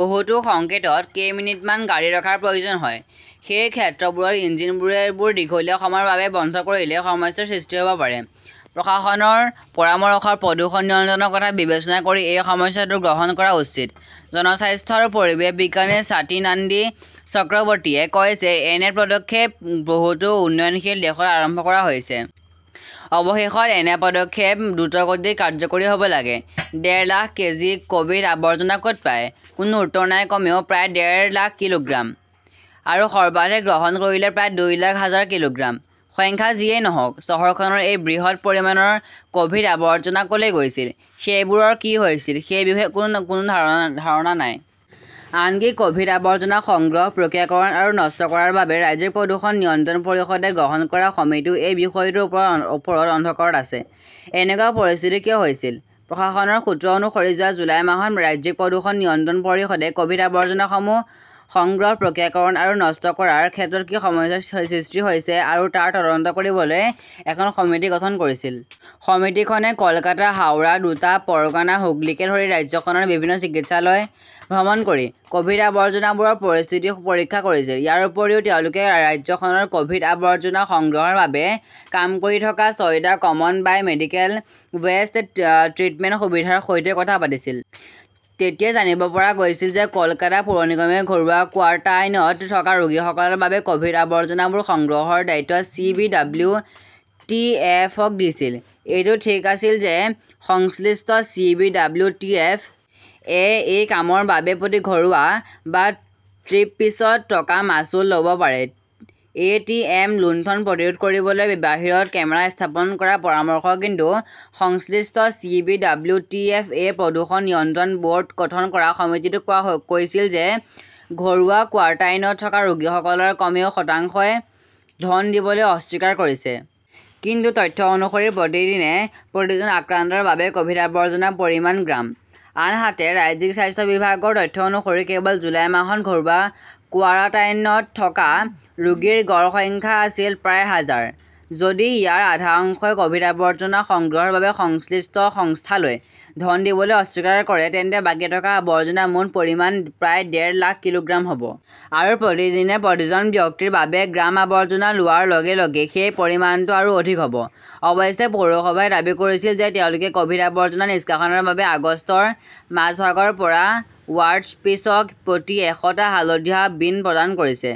বহুতো সংকেতত কেইমিনিটমান গাড়ী ৰখাৰ প্ৰয়োজন হয়। সেই ক্ষেত্ৰবোৰত ইঞ্জিনবোৰ দীঘলীয়া সময়ৰ বাবে বন্ধ কৰিলে সমস্যাৰ সৃষ্টি হব পাৰে। প্ৰশাসনৰ পৰামৰ্শ, প্ৰদূষণ নিয়ন্ত্ৰণৰ কথা বিবেচনা কৰি এই সমস্যাটো গ্ৰহণ কৰা উচিত। জনস্বাস্থ্য আৰু পৰিৱেশ বিজ্ঞানী স্বাতী নন্দী চক্ৰৱৰ্তীয়ে কয় যে এনে পদক্ষেপ বহুতো উন্নয়নশীল দেশত আৰম্ভ কৰা হৈছে। অৱশেষত এনে পদক্ষেপ দ্ৰুতগতিত কাৰ্যকৰী হব লাগে। ডেৰ লাখ কেজি কভিড-আৱৰ্জনা কত যায়, কোনো উত্তৰ নাই কমেও প্ৰায় ডেৰ লাখ কিলোগ্ৰাম। আৰু সৰ্বাধিক গ্ৰহণ কৰিলে প্ৰায় দুই লাখ হাজাৰ কিলোগ্ৰাম! সংখ্যা যিয়েই নহওঁক, চহৰখনৰ এই বৃহৎ পৰিমাণৰ কভিড-আৱৰ্জনা কলৈ গৈছিল, সেইবোৰৰ কি হৈছিল সেই বিষয়ে কোনো ধাৰণা নাই। আনকি কভিড-আৱৰ্জনা সংগ্ৰহ, প্ৰক্ৰিয়াকৰণ আৰু নষ্ট কৰাৰ বাবে ৰাজ্যিক প্ৰদূষণ নিয়ন্ত্ৰণ পৰিষদে গঠন কৰা সমিতিও এই বিষয়টোৰ ওপৰত অন্ধকাৰত আছে। এনেকুৱা পৰিস্থিতি কিয় হৈছিল? প্ৰশাসনৰ সূত্ৰ অনুসৰি, যোৱা জুলাই মাহত ৰাজ্যিক প্ৰদূষণ নিয়ন্ত্ৰণ পৰিষদে কভিড-আৱৰ্জনা সংগ্ৰহ, প্ৰক্ৰিয়াকৰণ আৰু নষ্ট কৰাৰ ক্ষেত্ৰত কি সমস্যাৰ সৃষ্টি হৈছে তাৰ তদন্ত কৰিবলৈ এখন সমিতি গঠন কৰিছিল। সমিতিখনে কলকাতা, হাওৰা, দুটা পৰগনা, হুগলীকে ধৰি ৰাজ্যখনৰ বিভিন্ন চিকিৎসালয় ভ্ৰমণ কৰি কভিড আৱৰ্জনাৰ পৰিস্থিতি পৰীক্ষা কৰিছিল। ইয়াৰ উপৰিও, তেওঁলোকে ৰাজ্যখনত কভিড-আৱৰ্জনা সংগ্ৰহৰ বাবে কাম কৰি থকা ছয়টা 'common bio medical waste treatment সুবিধাৰ সৈতেও কথা পাতিছিল। তেতিয়া জানিব পৰা গৈছিল যে কলকাতা পৌৰ নিগমে ঘৰুৱা কোৱাৰাণ্টাইনত থকা ৰোগীসকলৰ বাবে কভিড-আৱৰ্জনা সংগ্ৰহৰ দায়িত্ব C. B. W. T. F. -ক দিছিল। এইটো ঠিক আছিল যে সংশ্লিষ্ট C. B. W. T. F. -এ এই কামৰ বাবে প্ৰতি ঘৰুৱা বা ট্ৰিপপিছত টকা মাচুল ল 'ব পাৰে। এ. টি. এম. লুণ্ঠন প্ৰতিৰোধ কৰিবলৈ বাহিৰত কেমেৰা স্থাপন কৰাৰ পৰামৰ্শ কিন্তু সংশ্লিষ্ট C. B. W. T. F. -এ প্ৰদূষণ নিয়ন্ত্ৰণ বৰ্ড গঠন কৰা সমিতিটোক কৈছিল যে ঘৰুৱা কোৱাৰাণ্টাইনত থকা ৰোগীসকলৰ কমেও শতাংশই ধন দিবলৈ অস্বীকাৰ কৰিছে। কিন্তু তথ্য অনুসৰি প্ৰতিদিনে প্ৰতিজন আক্ৰান্তৰ বাবে কভিড-আৱৰ্জনাৰ পৰিমাণ গ্ৰাম। আনহাতে, ৰাজ্যিক স্বাস্থ্য বিভাগৰ তথ্য অনুসৰি, কেৱল জুলাই মাহত ঘৰুৱা কোৱাৰাণ্টাইনত থকা ৰোগীৰ গড় সংখ্যা আছিল প্ৰায় হাজাৰ। যদি ইয়াৰ আধা অংশই কভিড-আৱৰ্জনা সংগ্ৰহৰ বাবে সংশ্লিষ্ট সংস্থালৈ ধন দিবলৈ অস্বীকাৰ কৰে, তেন্তে বাকী থকা আৱৰ্জনাৰ মুঠ পৰিমাণ প্ৰায় ডেৰ লাখ কিলোগ্ৰাম হব। আৰু প্ৰতিদিনে প্ৰতিজন ব্যক্তিৰ বাবে গ্ৰাম আৱৰ্জনা লোৱাৰ লগে-লগে সেই পৰিমাণটো আৰু অধিক হয়! অৱশ্যে, পৌৰসভাই দাবী কৰিছিল যে তেওঁলোকে ক'ভিড-আৱৰ্জনা নিষ্কাশনৰ বাবে আগষ্টৰ মাজভাগৰ পৰা ৱাৰ্ডপিচক প্ৰতি এশ টা হালধীয়া বীন প্ৰদান কৰিছে।